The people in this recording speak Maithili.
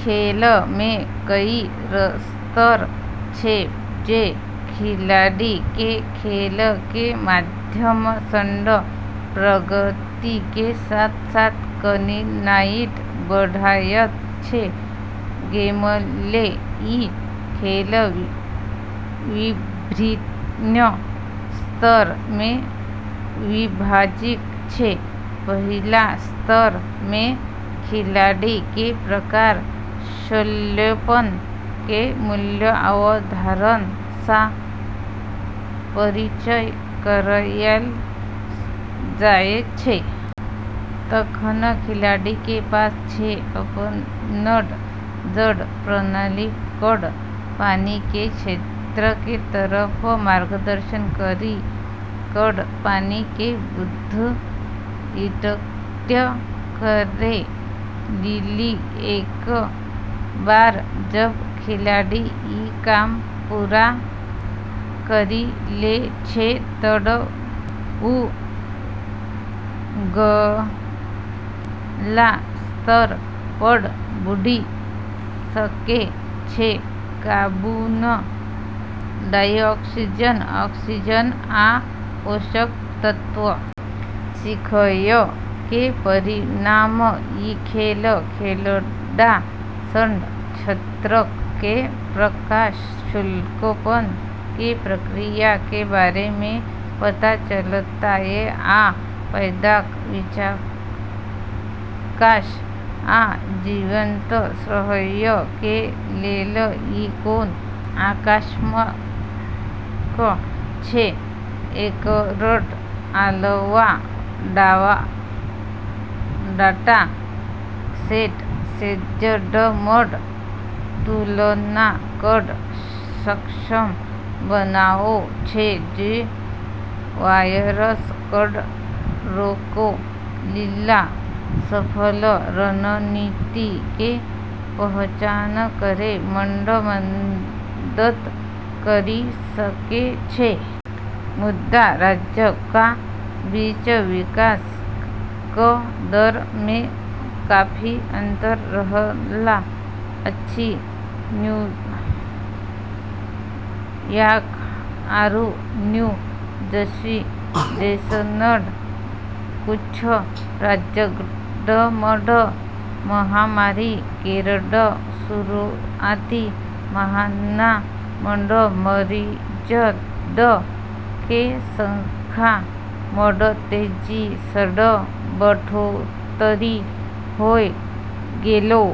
खेल मे कई स्तर छै जे खिलाड़ी के खेल के माध्यम सऽ प्रगति के साथ-साथ कठिनाई बढ़यत छै। गेमप्ले: ई खेल विभिन्न स्तर में विभाजित छै। पहिल स्तर में खिलाड़ी के प्रकाश संश्लेषण के मूल अवधारणा स परिचय करायल जाय छै। तखन खिलाड़ी के पास छै अपनऽ जड़ प्रणाली कऽ पानी के स्रोत के तरफ मार्गदर्शन करी कऽ पानी के बूंद इकट्ठा करै लेली। एक बार जब खिलाड़ी ई काम पूरा करी लै छै तऽ वू अगला स्तर पऽ बढ़ी सकै छै कार्बन डाइऑक्साइड, ऑक्सीजन, आ पोषक तत्व। सीखय के परिणाम: इ खेल खेलला सऽ छात्रक के प्रकाश संश्लेषण के प्रक्रिया के बारे मे पता चलतय आ पौधाक विकास आ जीवित रहय के लेल इ कोना आवश्यक छै ।एकरऽ अलावा, डाटा सेट राज्यऽ मऽ तुलना कऽ सक्षम बनाबै छै, जे वायरस कऽ रोकै लेली सफल रणनीति के पहचान करै मऽ मदद करी सकै छै। मुदा राज्य क बीच विकास क दर मे काफी अंतर रहल अछि। न्यूयॉर्क आरू न्यू जर्सी जैसनऽ कुछ राज्यऽ मऽ महामारी केरऽ शुरुआती महीना मऽ मरीजऽ के संख्या मऽ तेजी सऽ बढ़ोत्तरी होय गेलै।